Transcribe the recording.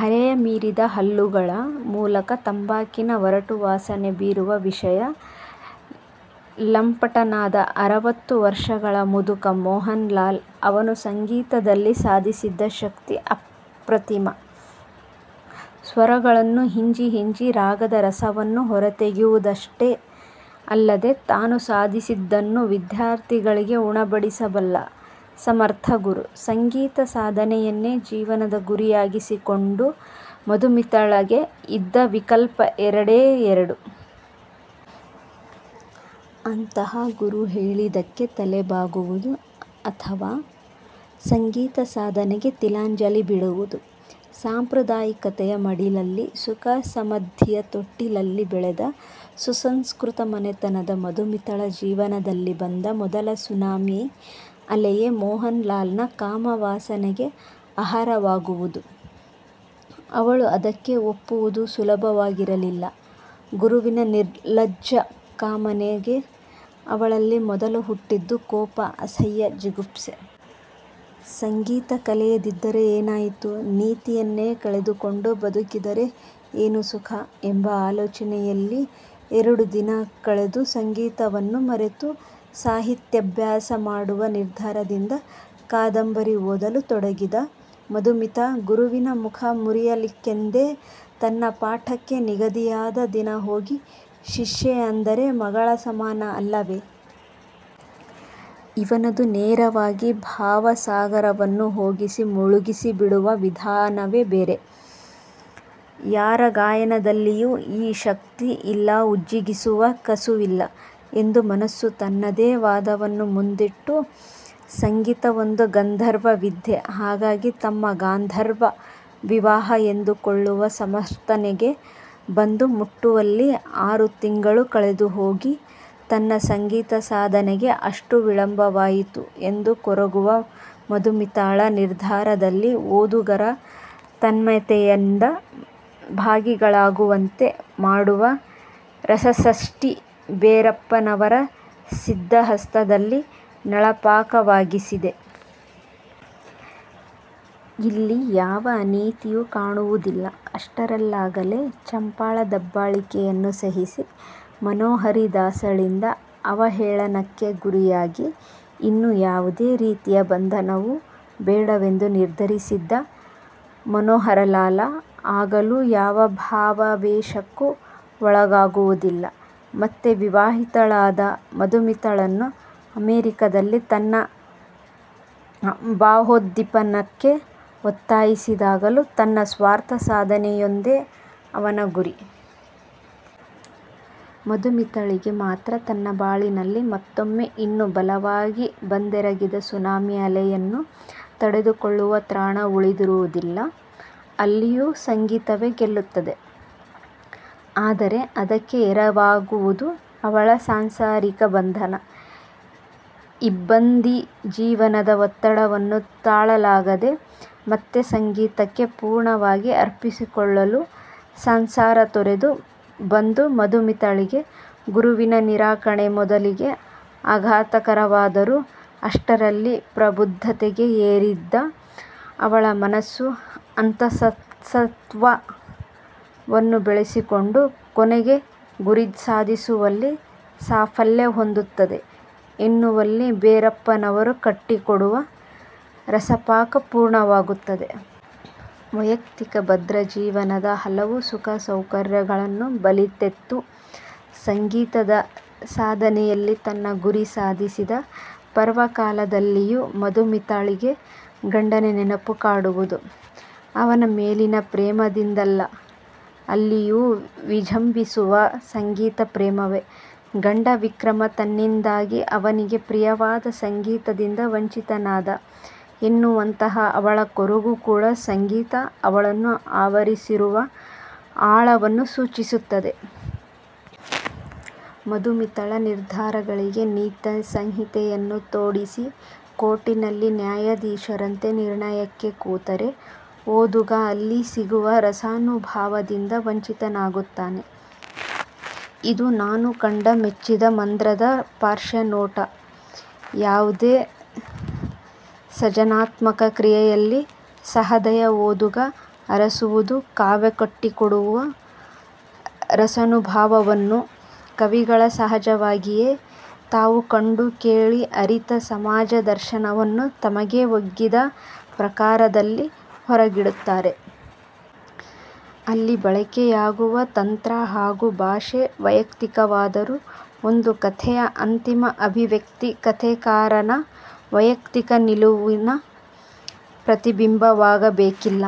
ಹರೆಯ ಮೀರಿದ, ಹಲ್ಲುಗಳ ಮೂಲಕ ತಂಬಾಕಿನ ಒರಟು ವಾಸನೆ ಬೀರುವ ವಿಷಯ ಲಂಪಟನಾದ ಅರವತ್ತು ವರ್ಷಗಳ ಮುದುಕ ಮೋಹನಲಾಲ್. ಅವನು ಸಂಗೀತದಲ್ಲಿ ಸಾಧಿಸಿದ್ದ ಶಕ್ತಿ ಅಪ್ರತಿಮ. ಸ್ವರಗಳನ್ನು ಹಿಂಜಿ ಹಿಂಜಿ ರಾಗದ ರಸವನ್ನು ಹೊರತೆಗೆಯುವುದಷ್ಟೇ ಅಲ್ಲದೆ, ತಾನು ಸಾಧಿಸಿದ್ದನ್ನು ವಿದ್ಯಾರ್ಥಿಗಳಿಗೆ ಉಣಬಡಿಸಬಲ್ಲ ಸಮರ್ಥ ಗುರು. ಸಂಗೀತ ಸಾಧನೆಯನ್ನೇ ಜೀವನದ ಗುರಿಯಾಗಿಸಿಕೊಂಡ ಮಧುಮಿತಾಳಿಗೆ ಇದ್ದ ವಿಕಲ್ಪ ಎರಡೇ ಎರಡು. ಅಂತಹ ಗುರು ಹೇಳಿದ್ದಕ್ಕೆ ತಲೆ ಬಾಗುವುದು ಅಥವಾ ಸಂಗೀತ ಸಾಧನೆಗೆ ತಿಲಾಂಜಲಿ ಬಿಡುವುದು. ಸಾಂಪ್ರದಾಯಿಕತೆಯ ಮಡಿಲಲ್ಲಿ, ಸುಖ-ಸಮದ್ಧಿಯ ತೊಟ್ಟಿಲಲ್ಲಿ ಬೆಳೆದ ಸುಸಂಸ್ಕತ ಮನೆತನದ ಮಧುಮಿತಾಳ ಜೀವನದಲ್ಲಿ ಬಂದ ಮೊದಲ ಸುನಾಮಿ ಅಲೆಯೇ ಮೋಹನಲಾಲನ ಕಾಮವಾಸನೆಗೆ ಆಹಾರವಾಗುವುದು. ಅವಳು ಅದಕ್ಕೆ ಒಪ್ಪುವುದು ಸುಲಭವಾಗಿರಲಿಲ್ಲ. ಗುರುವಿನ ನಿರ್ಲಜ್ಜ ಕಾಮನೆಗೆ ಅವಳಲ್ಲಿ ಮೊದಲು ಹುಟ್ಟಿದ್ದು ಕೋಪ-ಅಸಹ್ಯ-ಜಿಗುಪ್ಸೆ. ಸಂಗೀತ ಕಲಿಯದಿದ್ದರೆ ಏನಾಯಿತು? ನೀತಿಯನ್ನೇ ಕಳೆದುಕೊಂಡು ಬದುಕಿದರೆ ಏನು ಸುಖ? ಎಂಬ ಆಲೋಚನೆಯಲ್ಲಿ ಎರಡು ದಿನ ಕಳೆದು ಸಂಗೀತವನ್ನು ಮರೆತು, ಸಾಹಿತ್ಯಾಭ್ಯಾಸ ಮಾಡುವ ನಿರ್ಧಾರದಿಂದ ಕಾದಂಬರಿ ಓದಲು ತೊಡಗಿದ ಮಧುಮಿತಾ ಗುರುವಿನ ಮುಖ ಮುರಿಯಲಿಕ್ಕೆಂದೇ ತನ್ನ ಪಾಠಕ್ಕೆ ನಿಗದಿಯಾದ ದಿನ ಹೋಗಿ 'ಶಿಷ್ಯೆ ಅಂದರೆ ಮಗಳ ಸಮಾನ ಅಲ್ಲವೇ? ' ಇವನದು ನೇರವಾಗಿ ಭಾವ ಸಾಗರವನ್ನು ಹೊಗಿಸಿ ಮುಳುಗಿಸಿಬಿಡುವ ವಿಧಾನಬೇರೆ ಯಾರ ಗಾಯನದಲ್ಲಿಯೂ ಈ ಶಕ್ತಿ ಇಲ್ಲಉಜ್ಜುಗಿಸುವ ಕಸುವಿಲ್ಲ' ಎಂದು ಮನಸ್ಸು ತನ್ನದೇ ವಾದವನ್ನು ಮುಂದಿಟ್ಟು, ಸಂಗೀತ ಒಂದು ಗಂಧರ್ವ ವಿದ್ಯೆ, ಹಾಗಾಗಿ ತಮ್ಮದು ಗಾಂಧರ್ವ ವಿವಾಹ ಎಂದುಕೊಳ್ಳುವ ಸಮರ್ಥನೆಗೆ ಬಂದು ಮುಟ್ಟುವಲ್ಲಿ ಆರು ತಿಂಗಳು ಕಳೆದುಹೋಗಿ, ತನ್ನ ಸಂಗೀತ ಸಾಧನೆಗೆ ಅಷ್ಟು ವಿಳಂಬವಾಯಿತು ಎಂದು ಕೊರಗುವ ಮಧುಮಿತಾಳ ನಿರ್ಧಾರದಲ್ಲಿ ಓದುಗರೂ ತನ್ಮಯತೆಯಿಂದ ಭಾಗಿಗಳಾಗುವಂತೆ ಮಾಡುವ ರಸಸಷ್ಟಿ ಭೆರಪ್ಪನವರ ಸಿದ್ಧಹಸ್ತದಲ್ಲಿ ನಳಪಾಕವಾಗಿಸಿದೆ. ಇಲ್ಲಿ ಯಾವ ಅನೀತಿಯೂ ಕಾಣುವುದಿಲ್ಲ. ಅಷ್ಟರಲ್ಲಾಗಲೇ, ಚಂಪಾಳ ದಬ್ಬಾಳಿಕೆಯನ್ನು ಸಹಿಸಿ, ಮನೋಹರಿ ದಾಸಳಿಂದ ಅವಹೇಳನಕ್ಕೆ ಗುರಿಯಾಗಿ ಇನ್ನು ಯಾವುದೇ ರೀತಿಯ ಬಂಧನವೂ ಬೇಡವೆಂದು ನಿರ್ಧರಿಸಿದ್ದ ಮನೋಹರಲಾಲ, ಆಗಲೂ ಯಾವ ಭಾವಾವೇಶಕ್ಕೂ ಒಳಗಾಗುವುದಿಲ್ಲ. ಮತ್ತೆ, ವಿವಾಹಿತಳಾದ ಮಧುಮಿತಾಳನ್ನು ಅಮೆರಿಕದಲ್ಲಿ ತನ್ನ ಭಾವೋದ್ದೀಪನಕ್ಕೆ ಒತ್ತಾಯಿಸಿದಾಗಲೂ ತನ್ನ ಸ್ವಾರ್ಥ ಸಾಧನೆಯೊಂದೇ ಅವನ ಗುರಿ. ಮಧುಮಿತಾಳಿಗೆ ಮಾತ್ರ ತನ್ನ ಬಾಳಿನಲ್ಲಿ ಮತ್ತೊಮ್ಮೆ ಇನ್ನೂ ಬಲವಾಗಿ ಬಂದೆರಗಿದ ಸುನಾಮಿ ಅಲೆಯನ್ನು ತಡೆದುಕೊಳ್ಳುವ ತ್ರಾಣ ಉಳಿದಿರುವುದಿಲ್ಲ. ಅಲ್ಲಿಯೂ ಸಂಗೀತವೇ ಗೆಲ್ಲುತ್ತದೆ. ಆದರೆ ಅದಕ್ಕೆ ಎರವಾಗುವುದು ಅವಳ ಸಾಂಸಾರಿಕ ಬಂಧನ. ಇಬ್ಬಂದಿ ಜೀವನದ ಒತ್ತಡವನ್ನು ತಾಳಲಾಗದೆ, ಮತ್ತೆ ಸಂಗೀತಕ್ಕೇ ಪೂರ್ಣವಾಗಿ ಅರ್ಪಿಸಿಕೊಳ್ಳಲು ಸಂಸಾರ ತೊರೆದು ಬಂದ ಮಧುಮಿತಾಳಿಗೆ, ಗುರುವಿನ ನಿರಾಕರಣೆ ಮೊದಲಿಗೆ ಆಘಾತಕರವಾದರೂ, ಅಷ್ಟರಲ್ಲಿ ಪ್ರಬುದ್ಧತೆಗೆ ಏರಿದ್ದ ಅವಳ ಮನಸ್ಸು, ಅಂತಃಸತ್ತ್ವವನ್ನು ಬೆಳೆಸಿಕೊಂಡು ಕೊನೆಗೆ ಗುರಿಸಾಧಿಸುವಲ್ಲಿ ಸಾಫಲ್ಯ ಹೊಂದುತ್ತದೆ ಎನ್ನುವಲ್ಲಿ ಭೆರಪ್ಪನವರು ಕಟ್ಟಿಕೊಡುವ ರಸಪಾಕ ಪೂರ್ಣವಾಗುತ್ತದೆ. ವೆಯಕ್ತಿಕ ಭದ್ರ ಜೀವನದ ಹಲವು ಸುಖ-ಸೌಕರ್ಯಗಳನ್ನು ಬಲಿತೆತ್ತು, ಸಂಗೀತದ ಸಾಧನೆಯಲ್ಲಿ ತನ್ನ ಗುರಿ ಸಾಧಿಸಿದ ಪರ್ವಕಾಲದಲ್ಲಿಯೂ ಮಧುಮಿತಾಳಿಗೆ ಗಂಡನ ನೆನಪು ಕಾಡುವುದು ಅವನ ಮೇಲಿನ ಪ್ರೇಮದಿಂದಲ್ಲಅಲ್ಲಿಯೂ ವಿಜಂಭಿಸುವುದು ಸಂಗೀತ ಪ್ರೇಮವೇ.. ಗಂಡ ವಿಕ್ರಮ ತನ್ನಿಂದಾಗಿ, ಅವನಿಗೆ ಪ್ರಿಯವಾದ ಸಂಗೀತದಿಂದ ವಂಚಿತನಾದ ಎನ್ನುವಂತಹ ಅವಳ ಕೊರಗೂ ಕೂಡ ಸಂಗೀತ ಅವಳನ್ನು ಆವರಿಸಿರುವ ಆಳವನ್ನು ಸೂಚಿಸುತ್ತದೆ. ಮಧುಮಿತಾಳ ನಿರ್ಧಾರಗಳಿಗೆ ನೀತಿ ಸಂಹಿತೆಯನ್ನು ತೊಡಿಸಿ, ಕೋರ್ಟಿನಲ್ಲಿ ನ್ಯಾಯಾಧೀಶರಂತೆ ನಿರ್ಣಯಕ್ಕೆ ಕೂತರೆ, ಓದುಗ ಅಲ್ಲಿ ಸಿಗುವ ರಸಾನುಭವದಿಂದ ವಂಚಿತನಾಗುತ್ತಾನೆ. ಇದು, ನಾನು ಕಂಡು ಮೆಚ್ಚಿದ ಮಂದ್ರದ ಪಾರ್ಶ್ವ ನೋಟ. ಯಾವುದೇ ಸಜನಾತ್ಮಕ ಕ್ರಿಯೆಯಲ್ಲಿ ಸಹದಯ ಓದುಗ ಅರಸುವುದು ಕಾವ್ಯ ಕಟ್ಟಿಕೊಡುವ ರಸಾನುಭವವನ್ನು. ಕವಿಗಳು ಸಹಜವಾಗಿಯೇ, ತಾವು ಕಂಡು ಕೇಳಿ ಅರಿತ ಸಮಾಜ ದರ್ಶನವನ್ನು ತಮಗೆ ಒಗ್ಗಿದ ಪ್ರಕಾರದಲ್ಲಿ ಹೊರಗಿಡುತ್ತಾರೆ. ಅಲ್ಲಿ ಬಳಕೆಯಾಗುವ ತಂತ್ರ ಹಾಗೂ ಭಾಷೆ ವೆಯಕ್ತಿಕವಾದರೂ, ಒಂದು ಕಥೆಯ ಅಂತಿಮ ಅಭಿವ್ಯಕ್ತಿ ಕತಥೆಕಾರನ ವೈಯಕ್ತಿಕ ನಿಲುವಿನ ಪ್ರತಿಬಿಂಬವಾಗಬೇಕಿಲ್ಲ.